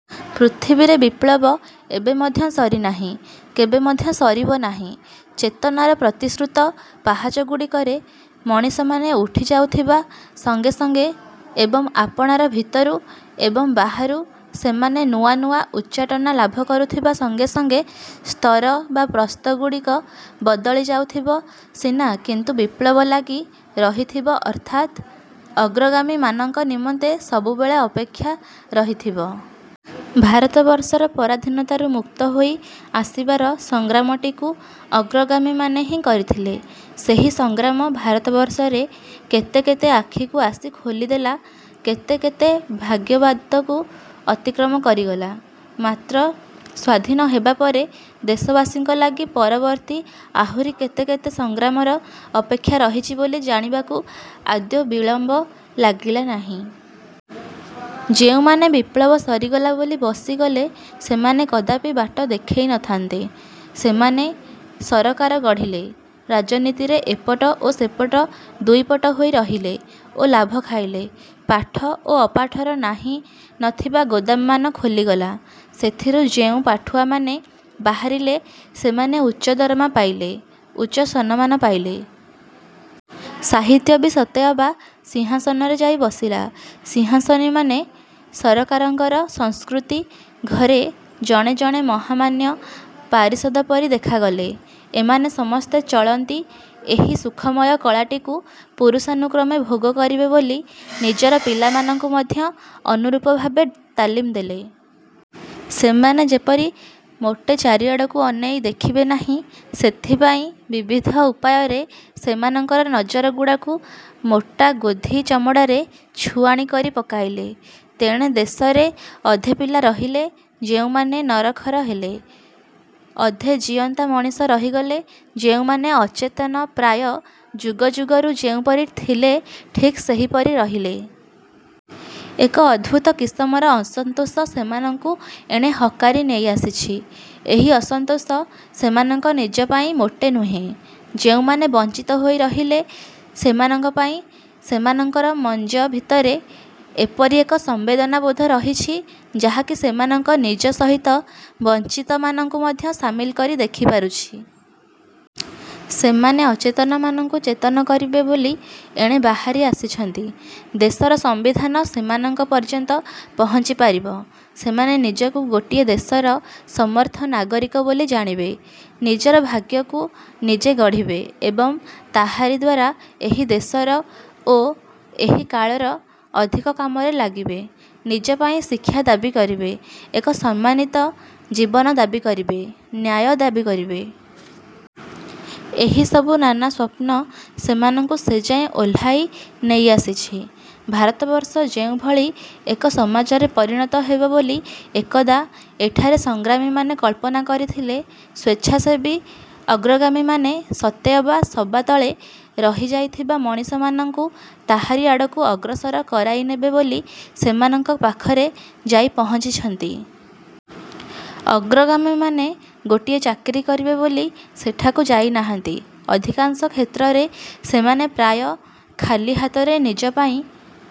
ପୃଥିବୀରେ ବିପ୍ଳବ ଏବେ ମଧ୍ୟ ସରିନାହିଁ, କେବେ ମଧ୍ୟ ସରିବ ନାହିଁ। ଚେତନାର ପ୍ରତିଶ୍ରୁତ ପାହାଚଗୁଡ଼ିକରେ ମଣିଷମାନେ ଉଠି ଯାଉଥିବା ସଙ୍ଗେ ସଙ୍ଗେ ଏବଂ ଆପଣାର ଭିତରୁ ଏବଂ ବାହାରୁ ସେମାନେ ନୂଆ ନୂଆ ଉଚ୍ଚାଟନା ଲାଭ କରୁଥିବା ସଙ୍ଗେ ସଙ୍ଗେ ସ୍ତର ବା ପ୍ରସ୍ଥଗୁଡ଼ିକ ବଦଳି ଯାଉଥିବ ସିନା କିନ୍ତୁ ବିପ୍ଳବ ଲାଗି ରହିଥିବ ଅର୍ଥାତ୍ ଅଗ୍ରଗାମୀ ମାନଙ୍କ ନିମନ୍ତେ ସବୁବେଳେ ଅପେକ୍ଷା ରହିଥିବ। ଭାରତବର୍ଷର ପରାଧିନତାରୁ ମୁକ୍ତ ହୋଇ ଆସିବାର ସଂଗ୍ରାମଟିକୁ ଅଗ୍ରଗାମୀମାନେ ହିଁ କରିଥିଲେ। ସେହି ସଂଗ୍ରାମ ଭାରତବର୍ଷରେ କେତେ କେତେ ଆଖିକୁ ଆସି ଖୋଲିଦେଲା, କେତେ କେତେ ଭାଗ୍ୟବାଦକୁ ଅତିକ୍ରମ କରିଗଲା। ମାତ୍ର ସ୍ୱାଧୀନ ହେବାପରେ ଦେଶବାସୀଙ୍କ ଲାଗି ପରବର୍ତ୍ତୀ ଆହୁରି କେତେ କେତ ସଂଗ୍ରାମର ଅପେକ୍ଷା ରହିଛି ବୋଲି ଜାଣିବାକୁ ଆଦୌ ବିଳମ୍ବ ଲାଗିଲା ନାହିଁ। ଯେଉଁମାନେ ବିପ୍ଳବ ସରିଗଲା ବୋଲି ବସିଗଲେ ସେମାନେ କଦାପି ବାଟ ଦେଖେଇ ନଥାନ୍ତେ। ସେମାନେ ସରକାର ଗଢିଲେ, ରାଜନୀତିରେ ଏପଟ ଓ ସେପଟ ଦୁଇପଟ ହୋଇ ରହିଲେ ଓ ଲାଭ ଖାଇଲେ। ପାଠ ଓ ଅପାଠର ନାହିଁ ନଥିବା ଗୋଦାମମାନ ଖୋଲିଗଲା। ସେଥିରୁ ଯେଉଁ ପାଠୁଆମାନେ ବାହାରିଲେ ସେମାନେ ଉଚ୍ଚ ଦରମା ପାଇଲେ, ଉଚ୍ଚ ସନମାନ ପାଇଲେ। ସାହିତ୍ୟ ବି ସତେଅବା ସିଂହାସନରେ ଯାଇ ବସିଲା। ସିଂହାସନୀମାନେ ସରକାରଙ୍କର ସଂସ୍କୃତି ଘରେ ଜଣେ ଜଣେ ମହାମାନ୍ୟ ପାରିଷଦ ପରି ଦେଖାଗଲେ। ଏମାନେ ସମସ୍ତେ ଚଳନ୍ତି ଏହି ସୁଖମୟ କଳାଟିକୁ ପୁରୁଷାନୁକ୍ରମେ ଭୋଗ କରିବେ ବୋଲି ନିଜର ପିଲାମାନଙ୍କୁ ମଧ୍ୟ ଅନୁରୂପ ଭାବେ ତାଲିମ ଦେଲେ। ସେମାନେ ଯେପରି ମୋଟେ ଚାରିଆଡ଼କୁ ଅନାଇ ଦେଖିବେ ନାହିଁ ସେଥିପାଇଁ ବିବିଧ ଉପାୟରେ ସେମାଙ୍କର ନଜର ଗୁଡ଼ାକୁ ମୋଟା ଗୋଧି ଚମଡ଼ାରେ ଛୁଆଣି କରି ପକାଇଲେ। ତେଣେ ଦେଶରେ ଅଧେ ପିଲା ରହିଲେ ଯେଉଁମାନେ ନରଖର ହେଲେ, ଅଧେ ଜିଅନ୍ତା ମଣିଷ ରହିଗଲେ ଯେଉଁମାନେ ଅଚେତନ ପ୍ରାୟ ଯୁଗ ଯୁଗରୁ ଯେଉଁପରି ଥିଲେ ଠିକ୍ ସେହିପରି ରହିଲେ। ଏକ ଅଦ୍ଭୂତ କିସମର ଅସନ୍ତୋଷ ସେମାନଙ୍କୁ ଏଣେ ହକାରି ନେଇ ଆସିଛି। ଏହି ଅସନ୍ତୋଷ ସେମାନଙ୍କ ନିଜ ପାଇଁ ମୋଟେ ନୁହେଁ। ଯେଉଁମାନେ ବଞ୍ଚିତ ହୋଇ ରହିଲେ ସେମାନଙ୍କ ପାଇଁ ସେମାନଙ୍କର ମଞ୍ଜ ଭିତରେ ଏପରି ଏକ ସମ୍ବେଦନାବୋଧ ରହିଛି ଯାହାକି ସେମାନଙ୍କ ନିଜ ସହିତ ବଞ୍ଚିତମାନଙ୍କୁ ମଧ୍ୟ ସାମିଲ କରି ଦେଖିପାରୁଛି। ସେମାନେ ଅଚେତନମାନଙ୍କୁ ଚେତନ କରିବେ ବୋଲି ଏଣେ ବାହାରି ଆସିଛନ୍ତି। ଦେଶର ସମ୍ବିଧାନ ସେମାନଙ୍କ ପର୍ଯ୍ୟନ୍ତ ପହଞ୍ଚି ପାରିବ, ସେମାନେ ନିଜକୁ ଗୋଟିଏ ଦେଶର ସମର୍ଥ ନାଗରିକ ବୋଲି ଜାଣିବେ, ନିଜର ଭାଗ୍ୟକୁ ନିଜେ ଗଢିବେ ଏବଂ ତାହାରି ଦ୍ୱାରା ଏହି ଦେଶର ଓ ଏହି କାଳର ଅଧିକ କାମରେ ଲାଗିବେ, ନିଜ ପାଇଁ ଶିକ୍ଷା ଦାବି କରିବେ, ଏକ ସମ୍ମାନିତ ଜୀବନ ଦାବି କରିବେ, ନ୍ୟାୟ ଦାବି କରିବେ। ଏହିସବୁ ନାନା ସ୍ୱପ୍ନ ସେମାନଙ୍କୁ ସେଯାଏ ଓହ୍ଲାଇ ନେଇ ଆସିଛି। ଭାରତବର୍ଷ ଯେଉଁଭଳି ଏକ ସମାଜରେ ପରିଣତ ହେବ ବୋଲି ଏକଦା ଏଠାରେ ସଂଗ୍ରାମୀମାନେ କଳ୍ପନା କରିଥିଲେ, ସ୍ୱେଚ୍ଛାସେବୀ ଅଗ୍ରଗାମୀମାନେ ସତେ ଅବା ସବାତଳେ ରହି ଯାଇଥିବା ମଣିଷମାନଙ୍କୁ ତାହାରି ଆଡ଼କୁ ଅଗ୍ରସର କରାଇନେବେ ବୋଲି ସେମାନଙ୍କ ପାଖରେ ଯାଇ ପହଞ୍ଚିଛନ୍ତି। ଅଗ୍ରଗାମୀମାନେ ଗୋଟିଏ ଚାକିରି କରିବେ ବୋଲି ସେଠାକୁ ଯାଇନାହାନ୍ତି। ଅଧିକାଂଶ କ୍ଷେତ୍ରରେ ସେମାନେ ପ୍ରାୟ ଖାଲି ହାତରେ ନିଜ ପାଇଁ